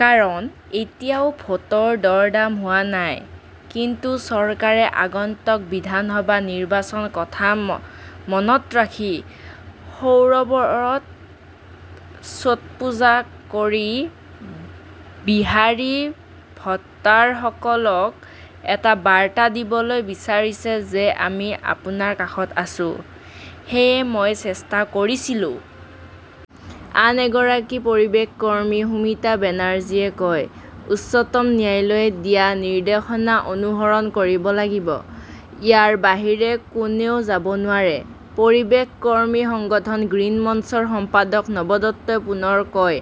কাৰণ, এতিয়াও ভোটৰ দৰদাম হোৱা নাই। কিন্তু চৰকাৰে আগন্তুক বিধানসভা নিৰ্বাচনৰ কথা মনত ৰাখি সৰোবৰত ছট পূজা কৰি বিহাৰী ভোটাৰসকলক এটা বাৰ্তা দিবলৈ বিচাৰিছে যে আমি আপোনাৰ কাষত আছো। সেয়েহে মই চেষ্টা কৰিছিলো। আন এগৰাকী পৰিৱেশ কৰ্মী সুমিতা বেনাৰ্জীয়ে কয়, "উচ্চতম ন্যায়ালয়ে দিয়া নিৰ্দেশনা অনুসৰণ কৰিব লাগিব। ইয়াৰ বাহিৰে কোনেও যাব নোৱাৰে। "পৰিৱেশ কৰ্মী সংগঠন 'গ্ৰীণ মঞ্চ" ৰ সম্পাদক নব দত্তই পুনৰ কয়,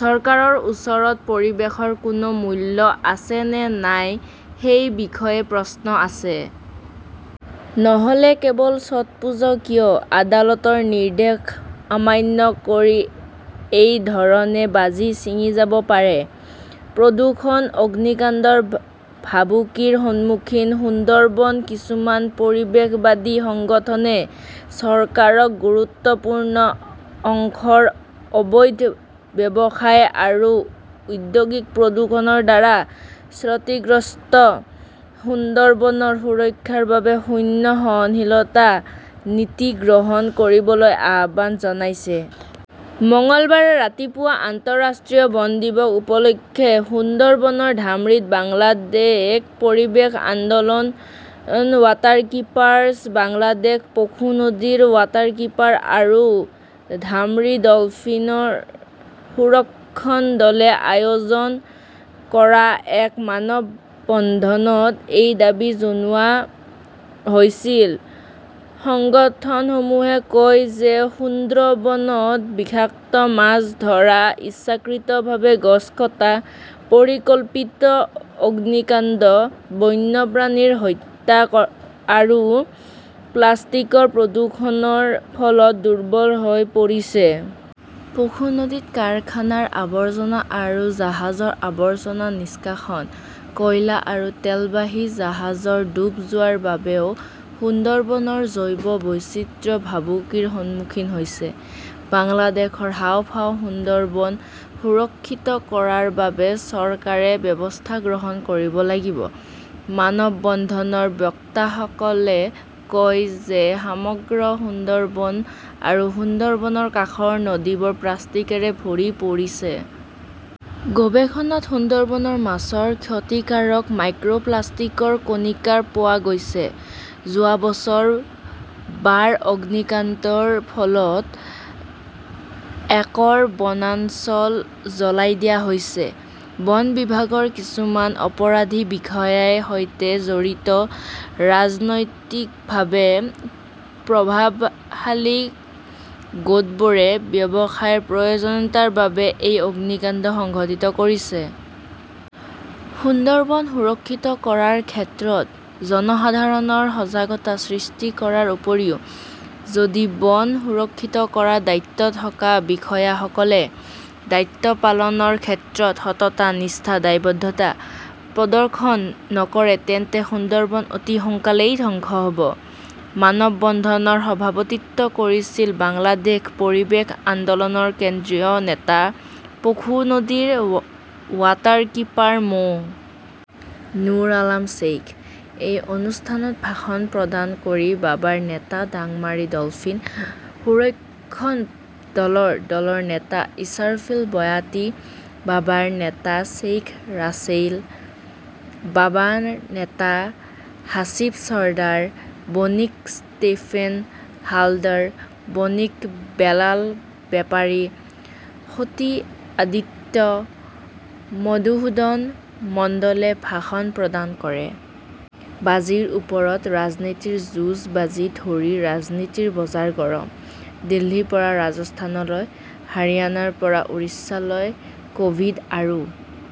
"চৰকাৰৰ ওচৰত পৰিৱেশৰ কোনো মূল্য আছে নে নাই সেই বিষয়ে প্ৰশ্ন আছে। নহ 'লে কেৱল ছ' টপুজো কিয়, আদালতৰ নিৰ্দেশ অমান্য কৰি এই ধৰণে বাজি ছিঙি যাব পাৰে! "। প্ৰদূষণ-অগ্নিকাণ্ডৰ ভাবুকিৰ সন্মুখীন সুন্দৰবন কিছুমান পৰিৱেশবাদী সংগঠনে চৰকাৰক গুৰুত্বপূৰ্ণ অংশৰ অবৈধ ব্যৱসায় আৰু ঔদ্যোগিক প্ৰদূষণৰ দ্বাৰা ক্ষতিগ্ৰস্ত সুন্দৰবনৰ সুৰক্ষাৰ বাবে শূন্য সহনশীলতা নীতি গ্ৰহণ কৰিবলৈ আহ্বান জনাইছে। মঙলবাৰে ৰাতিপুৱা আন্তঃৰাষ্ট্ৰীয় বন দিৱস উপলক্ষে সুন্দৰবনৰ ঢামৰীত বাংলাদেশ পৰিৱেশ আন্দোলন, ৱাটাৰকীপাৰ্ছ বাংলাদেশ, পশু নদীৰ ৱাটাৰকীপাৰ আৰু ঢামৰী ডলফিন সংৰক্ষণ দলে আয়োজন কৰা এক মানৱ বন্ধনত এই দাবী জনোৱা হৈছিল। সংগঠনসমূহে কয় যে সুন্দ্ৰবনত বিষাক্ত মাছ ধৰা, ইচ্ছাকৃতভাৱে গছ কটা, পৰিকল্পিত অগ্নিকাণ্ড, বন্যপ্ৰাণীৰ হত্যা আৰু প্লাষ্টিকৰ প্ৰদূষণৰ ফলত দুৰ্বল হৈ পৰিছে। পশু নদীত কাৰখানাৰ আৱৰ্জনা আৰু জাহাজৰ আৱৰ্জনা নিষ্কাশন, কয়লা আৰু তেলবাহী জাহাজৰ ডুব যোৱাৰ বাবেও সুন্দৰবনৰ জৈৱ বৈচিত্ৰ্য ভাবুকিৰ সন্মুখীন হৈছে। বাংলাদেশৰ হাঁওফাঁও সুন্দৰবন সুৰক্ষিত কৰাৰ বাবে চৰকাৰে ব্যৱস্থা গ্ৰহণ কৰিব লাগিব। মানৱ বন্ধনৰ বক্তাসকলে কয় যে সমগ্ৰ সুন্দৰবন আৰু সুন্দৰবনৰ কাষৰ নদীবোৰ প্লাষ্টিকৰে ভৰি পৰিছে। গৱেষণাত সুন্দৰবনৰ মাছত ক্ষতিকাৰক মাইক্ৰ "প্লাষ্টিকৰ কণিকা পোৱা গৈছে। যোৱা বছৰত বাৰ অগ্নিকাণ্ডৰ ফলত একৰ বনাঞ্চল জ্বলাই দিয়া হৈছে। বন বিভাগৰ কিছুমান অপৰাধী বিষয়াৰ সৈতে জড়িত ৰাজনৈতিকভাৱে প্ৰভাৱশালী গোটবোৰে ব্যৱসায়ৰ প্ৰয়োজনীয়তাৰ বাবে এই অগ্নিকাণ্ড সংঘটিত কৰিছে। সুন্দৰবন সুৰক্ষিত কৰাৰ ক্ষেত্ৰত জনসাধাৰণৰ সজাগতা সৃষ্টি কৰাৰ উপৰিও যদি বন সুৰক্ষিত কৰাৰ দায়িত্ব থকা বিষয়াসকলে দায়িত্ব পালনৰ ক্ষেত্ৰত সততা-নিষ্ঠা-দায়বদ্ধতা প্ৰদৰ্শন নকৰে তেন্তে সুন্দৰবন অতি সোনকালেই ধ্বংস হ 'ব। মানৱ বন্ধনৰ সভাপতিত্ব কৰিছিল বাংলাদেশ পৰিৱেশ আন্দোলনৰ কেন্দ্ৰীয় নেতা পশুৰ নদীৰ ৱাটাৰকীপাৰ মো. নুৰ আলম শ্বেইখ। এই অনুষ্ঠানত ভাষণ প্ৰদান কৰি বাবাৰ নেতা ডাংমাৰী ডলফিন সংৰক্ষণ দলৰ দলৰ নেতা ইছাৰফিল বয়াতী, বাবাৰ নেতা শ্বেইখ ৰাছেল, বাবাৰ নেতা হাছিব চৰ্দাৰ, বণিক ষ্টিফেন হালদাৰ, বনিক বেলাল বেপাৰী, সতী আদিত্য, মধুসূদন মণ্ডলে ভাষণ প্ৰদান কৰে। বাজিৰ ওপৰত ৰাজনীতিৰ যুঁজ বাজি ধৰি ৰাজনীতিৰ বজাৰ গৰম! দিল্লীৰ পৰা ৰাজস্থানলৈ, হাৰিয়ানাৰ পৰা উৰিষ্যালৈ-ক "ভিড আৰু